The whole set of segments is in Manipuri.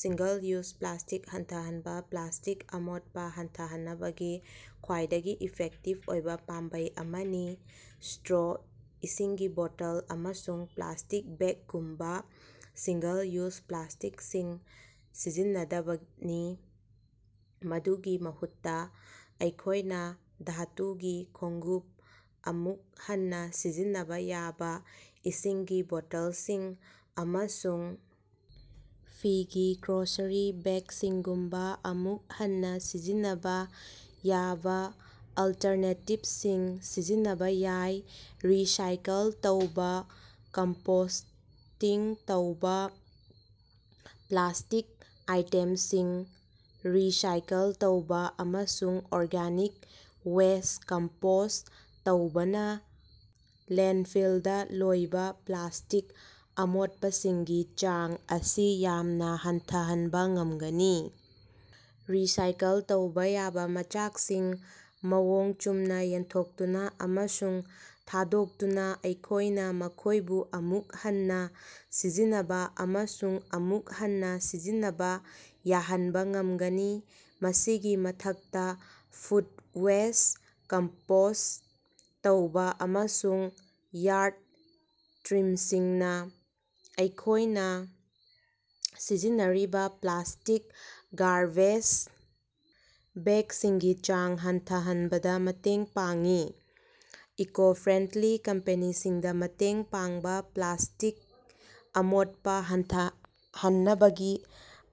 ꯁꯤꯡꯒꯜ-ꯌꯨꯖ ꯄ꯭ꯂꯥꯁ꯭ꯇꯤꯛ ꯍꯟꯊꯍꯟꯕꯥ: ꯄ꯭ꯂꯥꯁ꯭ꯇꯤꯛ ꯑꯃꯣꯠꯄꯥ ꯍꯟꯊꯍꯟꯅꯕꯒꯤ ꯈ꯭ꯋꯥꯏꯗꯒꯤ ꯏꯐꯦꯛꯇꯤꯕ ꯑꯣꯏꯕ ꯄꯥꯝꯕꯩ ꯑꯃꯗꯤ ꯁ꯭ꯇꯔꯣ, ꯏꯁꯤꯡꯒꯤ ꯕꯣꯇꯜ, ꯑꯃꯁꯨꯡ ꯄ꯭ꯂꯥꯁ꯭ꯇꯤꯛ ꯕꯦꯒꯒꯨꯝꯕꯥ ꯁꯤꯡꯒꯜ ꯌꯨꯖ ꯄ꯭ꯂꯥꯁ꯭ꯇꯤꯛꯁꯤꯡ ꯁꯤꯖꯤꯟꯅꯗꯕꯅꯤ꯫ ꯃꯗꯨꯒꯤ ꯃꯍꯨꯠꯇ ꯑꯩꯈꯣꯏꯅ ꯙꯥꯇꯨꯒꯤ ꯈꯣꯡꯎꯞ, ꯑꯃꯨꯛ ꯍꯟꯅ ꯁꯤꯖꯤꯟꯅꯕ ꯌꯥꯕ ꯏꯁꯤꯡꯒꯤ ꯕꯣꯇꯜꯁꯤꯡ, ꯑꯃꯁꯨꯡ ꯐꯤꯒꯤ ꯒ꯭ꯔꯣꯁꯔꯤ ꯕꯦꯒꯁꯤꯡꯒꯨꯝꯕ ꯑꯃꯨꯛ ꯍꯟꯅ ꯁꯤꯖꯤꯟꯅꯕ ꯌꯥꯕ ꯑꯜꯇꯔꯅꯦꯇꯤꯕꯁꯤꯡ ꯁꯤꯖꯤꯟꯅꯕ ꯌꯥꯏ꯫ ꯔꯤꯁꯥꯏꯀꯜ ꯇꯧꯕ ꯀꯝꯄꯣꯁ꯭ꯇꯤꯡ ꯇꯧꯕ: ꯄ꯭ꯂꯥꯁ꯭ꯇꯤꯛ ꯑꯥꯏꯇꯦꯝꯁꯤꯡ ꯔꯤꯁꯥꯏꯀꯜ ꯇꯧꯕ ꯑꯃꯁꯨꯡ ꯑꯣꯔꯒꯥꯅꯤꯛ ꯋꯦꯁ꯭ꯠ ꯀꯝꯄꯣꯁ꯭ꯠ ꯇꯧꯕꯅ ꯂꯦꯟꯗꯐꯤꯜꯗꯥ ꯂꯣꯏꯕꯥ ꯄ꯭ꯂꯥꯁ꯭ꯇꯤꯛ ꯑꯃꯣꯠꯄꯁꯤꯡꯒꯤ ꯆꯥꯡ ꯑꯁꯤ ꯌꯥꯝꯅ ꯍꯟꯊꯍꯟꯕ ꯉꯝꯒꯅꯤ꯫ ꯔꯤꯁꯥꯏꯀꯜ ꯇꯧꯕ ꯌꯥꯕꯥ ꯃꯆꯥꯛꯁꯤꯡ ꯃꯑꯣꯡ ꯆꯨꯝꯅ ꯌꯦꯟꯊꯣꯛꯇꯨꯅ ꯑꯃꯁꯨꯡ ꯊꯥꯗꯣꯛꯇꯨꯅ ꯑꯩꯈꯣꯏꯅ ꯃꯈꯣꯏꯕꯨ ꯑꯃꯨꯛ ꯍꯟꯅ ꯁꯤꯖꯤꯟꯅꯕ ꯑꯃꯁꯨꯡ ꯑꯃꯨꯛ ꯍꯟꯅ ꯁꯤꯖꯤꯟꯅꯕ ꯌꯥꯍꯟꯕ ꯉꯝꯒꯅꯤ꯫ ꯃꯁꯤꯒꯤ ꯃꯊꯛꯇꯥ, ꯐꯨꯗ ꯋꯦꯁ꯭ꯠ ꯀꯝꯄꯣꯁ꯭ꯠ ꯇꯧꯕꯥ ꯑꯃꯁꯨꯡ ꯌꯥꯔꯗ ꯇ꯭ꯔꯤꯝꯁꯤꯡꯅ ꯑꯩꯈꯣꯏꯅ ꯁꯤꯖꯤꯟꯅꯔꯤꯕ ꯄ꯭ꯂꯥꯁ꯭ꯇꯤꯛ ꯒꯥꯔꯕꯦꯖ ꯕꯦꯒꯁꯤꯡꯒꯤ ꯆꯥꯡ ꯍꯟꯊꯍꯟꯕꯗ ꯃꯇꯦꯡ ꯄꯥꯡꯏ꯫ ꯏꯀꯣ-ꯐ꯭ꯔꯦꯟꯗꯂꯤ ꯀꯝꯄꯦꯅꯤꯁꯤꯡꯗ ꯃꯇꯦꯡ ꯄꯥꯡꯕꯥ: ꯄ꯭ꯂꯥꯁꯇꯤꯛ ꯑꯃꯣꯠꯄꯥ ꯍꯟꯊꯍꯟꯅꯕꯒꯤ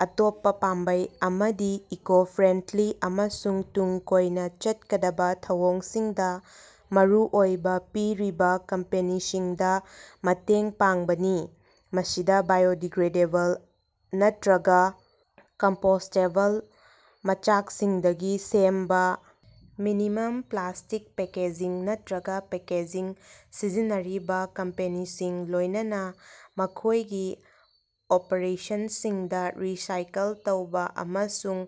ꯑꯇꯣꯞꯄꯥ ꯄꯥꯝꯕꯩ ꯑꯃꯗꯤ ꯏꯀꯣ-ꯐ꯭ꯔꯦꯟꯗꯂꯤ ꯑꯃꯁꯨꯡ ꯇꯨꯡ ꯀꯣꯏꯅ ꯆꯠꯀꯗꯕꯥ ꯊꯧꯑꯣꯡꯁꯤꯡꯗ ꯃꯔꯨ ꯑꯣꯏꯕ ꯄꯤꯔꯤꯕꯥ ꯀꯝꯄꯦꯅꯤꯁꯤꯡꯗꯥ ꯃꯇꯦꯡ ꯄꯥꯡꯕꯅꯤ꯫ ꯃꯁꯤꯗ ꯕꯥꯏꯑꯣꯗꯤꯒ꯭ꯔꯦꯗꯦꯕꯜ ꯅꯠꯇꯔꯒ ꯀꯝꯄꯣꯁ꯭ꯇꯦꯕꯜ ꯃꯆꯥꯛꯁꯤꯡꯗꯒꯤ ꯁꯦꯝꯕ ꯃꯤꯅꯤꯃꯝ ꯄ꯭ꯂꯥꯁ꯭ꯇꯤꯛ ꯄꯦꯀꯦꯖꯤꯡ ꯅꯠꯇꯔꯒ ꯄꯦꯀꯦꯖꯤꯡ ꯁꯤꯖꯤꯟꯅꯔꯤꯕꯥ ꯀꯝꯄꯦꯅꯤꯁꯤꯡ, ꯂꯣꯏꯅꯅꯥ ꯃꯈꯣꯏꯒꯤ ꯑꯣꯄꯔꯦꯁꯟꯁꯤꯡꯗ ꯔꯤꯁꯥꯏꯀꯜ ꯇꯧꯕ ꯑꯃꯁꯨꯡ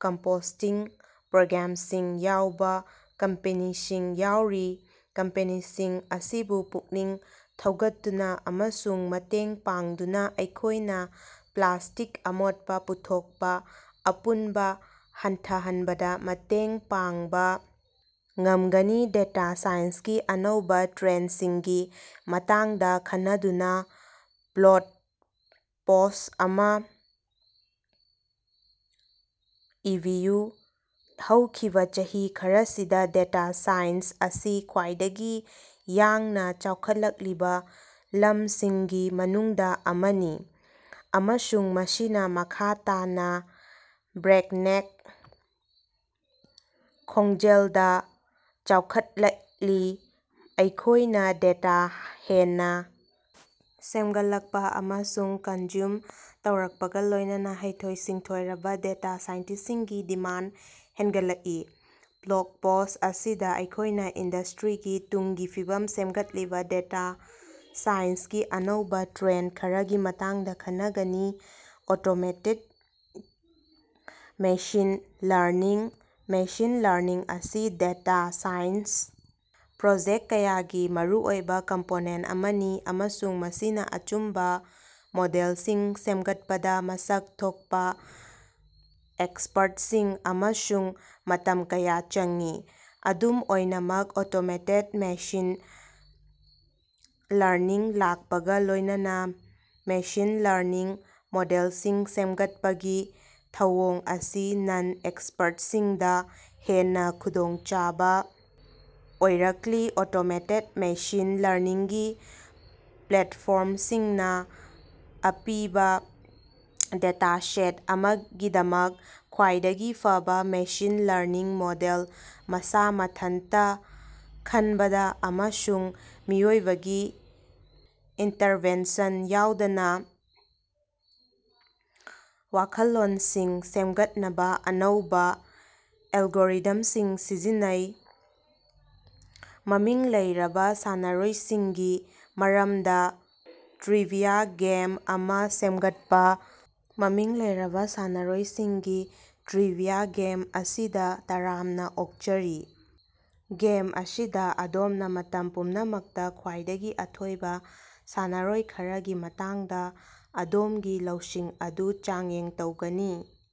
ꯀꯝꯄꯣꯁ꯭ꯇꯤꯡ ꯄ꯭ꯔꯣꯒ꯭ꯔꯥꯝꯁꯤꯡ ꯌꯥꯎꯕ ꯀꯝꯄꯦꯅꯤꯁꯤꯡ ꯌꯥꯎꯔꯤ꯫ ꯀꯝꯄꯦꯅꯤꯁꯤꯡ ꯑꯁꯤꯕꯨ ꯄꯨꯛꯅꯤꯡ ꯊꯧꯒꯠꯇꯨꯅ ꯑꯃꯁꯨꯡ ꯃꯇꯦꯡ ꯄꯥꯡꯗꯨꯅ ꯑꯩꯈꯣꯏꯅꯥ ꯄ꯭ꯂꯥꯁꯇꯤꯛ ꯑꯃꯣꯠꯄꯥ ꯄꯨꯊꯣꯛꯄ ꯑꯄꯨꯟꯕ ꯍꯟꯊꯍꯟꯕꯗꯥ ꯃꯇꯦꯡ ꯄꯥꯡꯕ ꯉꯝꯒꯅꯤ꯫ ꯗꯦꯇꯥ ꯁꯥꯏꯟꯁꯀꯤ ꯑꯅꯧꯕꯥ ꯇ꯭ꯔꯦꯟꯗꯁꯤꯡꯒꯤ ꯃꯇꯥꯡꯗ ꯈꯟꯅꯗꯨꯅ ꯕ꯭ꯂꯣꯒ ꯄꯣꯁ ꯑꯃꯥ ꯏꯕꯤꯌꯨ꯫ ꯍꯧꯈꯤꯕꯥ ꯆꯍꯤ ꯈꯔꯁꯤꯗꯥ ꯗꯦꯇꯥ ꯁꯥꯏꯟꯁ ꯑꯁꯤ ꯈ꯭ꯋꯥꯏꯗꯒꯤ ꯌꯥꯡꯅ ꯆꯥꯎꯈꯠꯂꯛꯂꯤꯕꯥ ꯂꯝꯁꯤꯡꯒꯤ ꯃꯅꯨꯡꯗꯥ ꯑꯃꯅꯤ, ꯑꯃꯁꯨꯡ ꯃꯁꯤꯅꯥ ꯃꯈꯥ ꯇꯥꯅꯥ ꯕ꯭ꯔꯦꯛꯅꯦꯛ ꯈꯣꯡꯖꯦꯜꯗ ꯆꯥꯎꯈꯠꯂꯛꯂꯤ꯫ ꯑꯩꯈꯣꯏꯅ ꯗꯦꯇꯥ ꯍꯦꯟꯅꯥ ꯁꯦꯝꯒꯠꯂꯛꯄꯥ ꯑꯃꯁꯨꯡ ꯀꯟꯖ꯭ꯌꯨꯝ ꯇꯧꯔꯛꯄꯒ ꯂꯣꯏꯅꯅꯥ ꯍꯩꯊꯣꯏ-ꯁꯤꯡꯊꯣꯏꯔꯕ ꯗꯦꯇꯥ ꯁꯥꯏꯟꯇꯤꯁ꯭ꯁꯤꯡꯒꯤ ꯗꯤꯃꯥꯟꯗ ꯍ‌ꯦꯟꯒꯠꯂꯛꯏ꯫ ꯕ꯭ꯂꯣꯒ ꯄꯣꯁ ꯑꯁꯤꯗ ꯑꯩꯈꯣꯏꯅꯥ ꯏꯟꯗꯁ꯭ꯇꯔꯤꯒꯤ ꯇꯨꯡꯒꯤ ꯐꯤꯕꯝ ꯁꯦꯝꯒꯠꯂꯤꯕꯥ ꯗꯦꯇꯥ ꯁꯥꯏꯟꯁꯀꯤ ꯑꯅꯧꯕꯥ ꯇ꯭ꯔꯦꯟꯗ ꯈꯔꯒꯤ ꯃꯇꯥꯡꯗꯥ ꯈꯟꯅꯒꯅꯤ꯫ Automated machine learning: machine learning ꯑꯁꯤ ꯗꯦꯇꯥ ꯁꯥꯏꯟꯁ ꯄ꯭ꯔꯣꯖꯦꯛ ꯀꯌꯥꯒꯤ ꯃꯔꯨꯑꯣꯏꯕ ꯀꯝꯄꯣꯅꯦꯟꯇ ꯑꯃꯅꯤ, ꯑꯃꯁꯨꯡ ꯃꯁꯤꯅ ꯑꯆꯨꯝꯕꯥ ꯃꯣꯗꯦꯜꯁꯤꯡ ꯁꯦꯝꯒꯠꯄꯗ ꯃꯁꯛ ꯊꯣꯛꯄꯥ ꯑꯦꯛꯁꯄꯔꯠꯁꯤꯡ ꯑꯃꯁꯨꯡ ꯃꯇꯝ ꯀꯌꯥ ꯆꯪꯏ꯫ ꯑꯗꯨꯝ ꯑꯣꯏꯅꯃꯛ ꯑꯣꯇꯣꯃꯦꯇꯦꯗ ꯃꯦꯁꯤꯟ ꯂꯔꯅꯤꯡ ꯂꯥꯛꯄꯒꯥ ꯂꯣꯏꯅꯅꯥ ꯃꯦꯁꯤꯟ ꯂꯔꯅꯤꯡ ꯃꯣꯗꯦꯜꯁꯤꯡ ꯁꯦꯝꯒꯠꯄꯒꯤ ꯊꯧꯑꯣꯡ ꯑꯁꯤ ꯅꯟ-ꯑꯦꯛꯁꯄꯔꯠꯁꯤꯡꯗꯥ ꯍꯦꯟꯅ ꯈꯨꯗꯣꯡꯆꯥꯕ ꯑꯣꯏꯔꯛꯂꯤ꯫ ꯑꯣꯇꯣꯃꯦꯇꯦꯗ ꯃꯦꯁꯤꯟ ꯂꯔꯅꯤꯡꯒꯤ ꯄ꯭ꯂꯦꯠꯐꯣꯔꯝꯁꯤꯡꯅ ꯑꯄꯤꯕꯥ ꯗꯦꯇꯥꯁꯦꯠ ꯑꯃꯒꯤꯗꯃꯛ ꯈ꯭ꯋꯥꯏꯗꯒꯤ ꯐꯕꯥ ꯃꯦꯁꯤꯟ ꯂꯔꯅꯤꯡ ꯃꯣꯗꯦꯜ ꯃꯁꯥ ꯃꯊꯟꯇꯥ ꯈꯟꯕꯗꯥ ꯑꯃꯁꯨꯡ ꯃꯤꯑꯣꯏꯕꯒꯤ ꯏꯟꯇꯔꯚꯦꯟꯁꯟ ꯌꯥꯎꯗꯅꯥ ꯋꯥꯈꯜꯂꯣꯟꯁꯤꯡ ꯁꯦꯝꯒꯠꯅꯕ ꯑꯅꯧꯕꯥ ꯑꯦꯜꯒꯣꯔꯤꯊꯝꯁꯤꯡ ꯁꯤꯖꯤꯟꯅꯩ꯫ ꯃꯃꯤꯡ ꯂꯩꯔꯕ ꯁꯥꯟꯅꯔꯣꯏꯁꯤꯡꯒꯤ ꯃꯔꯝꯗꯥ ꯇ꯭ꯔꯤꯕꯤꯌꯥ ꯒꯦꯝ ꯑꯃꯥ ꯁꯦꯝꯒꯠꯄꯥ꯫ ꯃꯃꯤꯡ ꯂꯩꯔꯕꯥ ꯁꯥꯟꯅꯔꯣꯏꯁꯤꯡꯒꯤ ꯇ꯭ꯔꯤꯕꯤꯌꯥ ꯒꯦꯝ ꯑꯁꯤꯗꯥ ꯇꯔꯥꯝꯅꯥ ꯑꯣꯛꯆꯔꯤ! ꯒꯦꯝ ꯑꯁꯤꯗꯥ ꯑꯗꯣꯝꯅ ꯃꯇꯝ ꯄꯨꯝꯅꯃꯛꯇꯥ ꯈ꯭ꯋꯥꯏꯗꯒꯤ ꯑꯊꯣꯏꯕ ꯁꯥꯟꯅꯔꯣꯏ ꯈꯔꯒꯤ ꯃꯇꯥꯡꯗꯥ ꯑꯗꯣꯝꯒꯤ ꯂꯧꯁꯤꯡ ꯑꯗꯨ ꯆꯥꯡꯌꯦꯡ ꯇꯧꯒꯅꯤ꯫